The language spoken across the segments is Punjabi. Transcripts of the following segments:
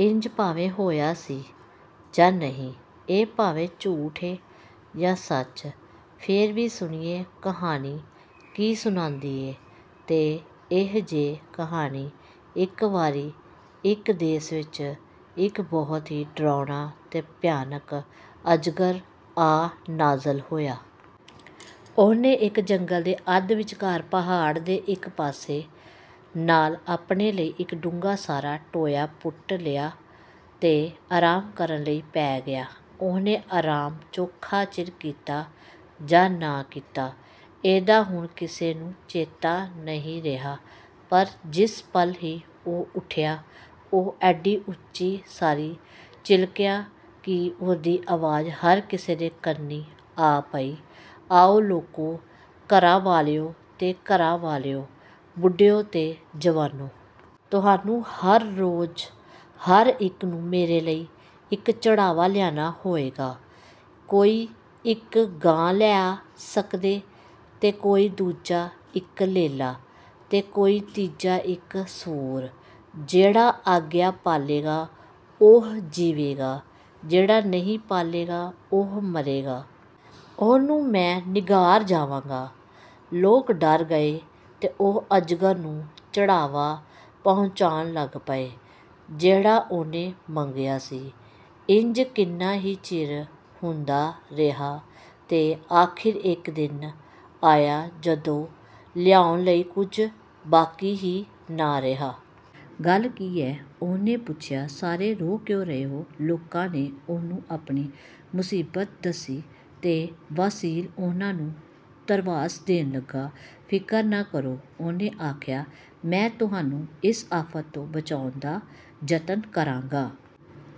ਇੰਜ ਭਾਵੇਂ ਹੋਇਆ ਸੀ ਜਾਂ ਨਹੀਂ, ਇਹ ਭਾਵੇਂ ਝੂਠ ਏ ਯਾ ਸੱਚ, ਫੇਰ ਵੀ ਸੁਣੀਏ, ਕਹਾਣੀ ਕੀ ਸੁਣਾਂਦੀ ਏ। ਤੇ ਇਹ ਜੇ ਕਹਾਣੀ। ਇੱਕ ਵਾਰੀ ਇਕ ਦੇਸ ਵਿਚ ਇਕ ਬਹੁਤ ਹੀ ਡਰਾਉਣਾ ਤੇ ਭਿਆਨਕ ਅਜਗਰ ਆ ਨਾਜ਼ਲ ਹੋਇਆ। ਉਹਨੇ ਇੱਕ ਜੰਗਲ ਦੇ ਅੱਧ-ਵਿਚਕਾਰ ਪਹਾੜ ਦੇ ਇਕ ਪਾਸੇ ਨਾਲ ਆਪਣੇ ਲਈ ਇੱਕ ਡੂੰਘਾ ਸਾਰਾ ਟੋਇਆ ਪੁੱਟ ਲਿਆ ਤੇ ਆਰਾਮ ਕਰਨ ਲਈ ਪੈ ਗਿਆ। ਉਹਨੇ ਆਰਾਮ ਚੋਖਾ ਚਿਰ ਕੀਤਾ ਜਾਂ ਨਾ ਕੀਤਾ, ਇਹਦਾ ਹੁਣ ਕਿਸੇ ਨੂੰ ਚੇਤਾ ਨਹੀਂ ਰਿਹਾ, ਪਰ ਜਿਸ ਪਲ ਹੀ ਉਹ ਉੱਠਿਆ, ਉਹ ਏਡੀ ਉੱਚੀ ਸਾਰੀ ਚਿਲਕਿਆ ਕਿ ਉਹਦੀ ਆਵਾਜ਼ ਹਰ ਕਿਸੇ ਦੇ ਕੰਨੀਂ ਆ ਪਈ, "ਆਓ, ਲੋਕੋ, ਘਰਾਂ ਵਾਲਿਓ ਤੇ ਘਰਾਂ ਵਾਲੀਓ, ਬੁੱਢਿਓ ਤੇ ਜਵਾਨੋ! ਤੁਹਾਨੂੰ ਹਰ ਰੋਜ਼ ਹਰ ਇੱਕ ਨੂੰ ਮੇਰੇ ਲਈ ਇੱਕ ਚੜ੍ਹਾਵਾ ਲਿਆਣਾ ਹੋਏਗਾ। ਕੋਈ ਇੱਕ ਗਾਂ ਲਿਆ ਸਕਦੈ, ਤੇ ਕੋਈ ਦੂਜਾ ਇਕ ਲੇਲਾ, ਤੇ ਕੋਈ ਤੀਜਾ ਇਕ ਸੂਰ! ਜਿਹੜਾ ਆਗਿਆ ਪਾਲੇਗਾ, ਉਹ ਜੀਵੇਗਾ। ਜਿਹੜਾ ਨਹੀਂ ਪਾਲੇਗਾ, ਉਹ ਮਰੇਗਾ। ਉਹਨੂੰ ਮੈਂ ਨਿਘਾਰ ਜਾਵਾਂਗਾ!" ਲੋਕ ਡਰ ਗਏ ਤੇ ਉਹ ਅਜਗਰ ਨੂੰ ਚੜ੍ਹਾਵਾ ਪਹੁੰਚਾਣ ਲੱਗ ਪਏ, ਜਿਹੜਾ ਉਹਨੇ ਮੰਗਿਆ ਸੀ। ਇੰਜ ਕਿੰਨਾ ਹੀ ਚਿਰ ਹੁੰਦਾ ਰਿਹਾ ਤੇ ਅਖ਼ੀਰ ਇੱਕ ਦਿਨ ਆਇਆ, ਜਦੋਂ ਲਿਆਉਣ ਲਈ ਕੁਝ ਬਾਕੀ ਹੀ ਨਾ ਰਿਹਾ। "ਗੱਲ ਕੀ ਏ?" ਉਹਨੇ ਪੁੱਛਿਆ। "ਸਾਰੇ ਰੋ ਕਿਉਂ ਰਹੇ ਹੋ?" ਲੋਕਾਂ ਨੇ ਉਹਨੂੰ ਆਪਣੀ ਮੁਸੀਬਤ ਦੱਸੀ ਤੇ ਵਾਸੀਲ ਉਹਨਾਂ ਨੂੰ ਧਰਵਾਸ ਦੇਣ ਲੱਗਾ। "ਫ਼ਿਕਰ ਨਾ ਕਰੋ," ਉਹਨੇ ਆਖਿਆ। "ਮੈਂ ਤੁਹਾਨੂੰ ਇਸ ਆਫ਼ਤ ਤੋਂ ਬਚਾਉਣ ਦਾ ਜਤਨ ਕਰਾਂਗਾ।"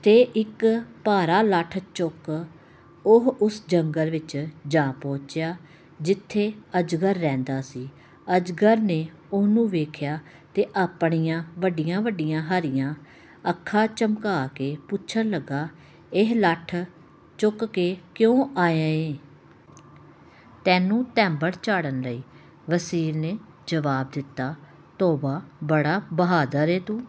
ਤੇ ਇੱਕ ਭਾਰਾ ਲੱਠ ਚੁੱਕ, ਉਹ ਉਸ ਜੰਗਲ ਵਿੱਚ ਜਾ ਪਹੁੰਚਿਆ, ਜਿੱਥੇ ਅਜਗਰ ਰਹਿੰਦਾ ਸੀ। ਅਜਗਰ ਨੇ ਉਹਨੂੰ ਵੇਖਿਆ ਤੇ ਆਪਣੀਆਂ ਵੱਡੀਆਂ-ਵੱਡੀਆਂ ਹਰੀਆਂ ਅੱਖਾਂ ਝਮਕਾ ਕੇ ਪੁੱਛਣ ਲੱਗਾ, "ਇਹ ਲੱਠ ਚੁੱਕ ਕੇ ਕਿਉਂ ਆਇਐਂ?" "ਤੈਨੂੰ ਧੈਂਬੜ ਚਾੜ੍ਹਨ ਲਈ!" ਵਾਸੀਲ ਨੇ ਜਵਾਬ ਦਿੱਤਾ। "ਤੋਬਾ, ਬੜਾ ਬਹਾਦਰ ਏਂ ਤੂੰ!"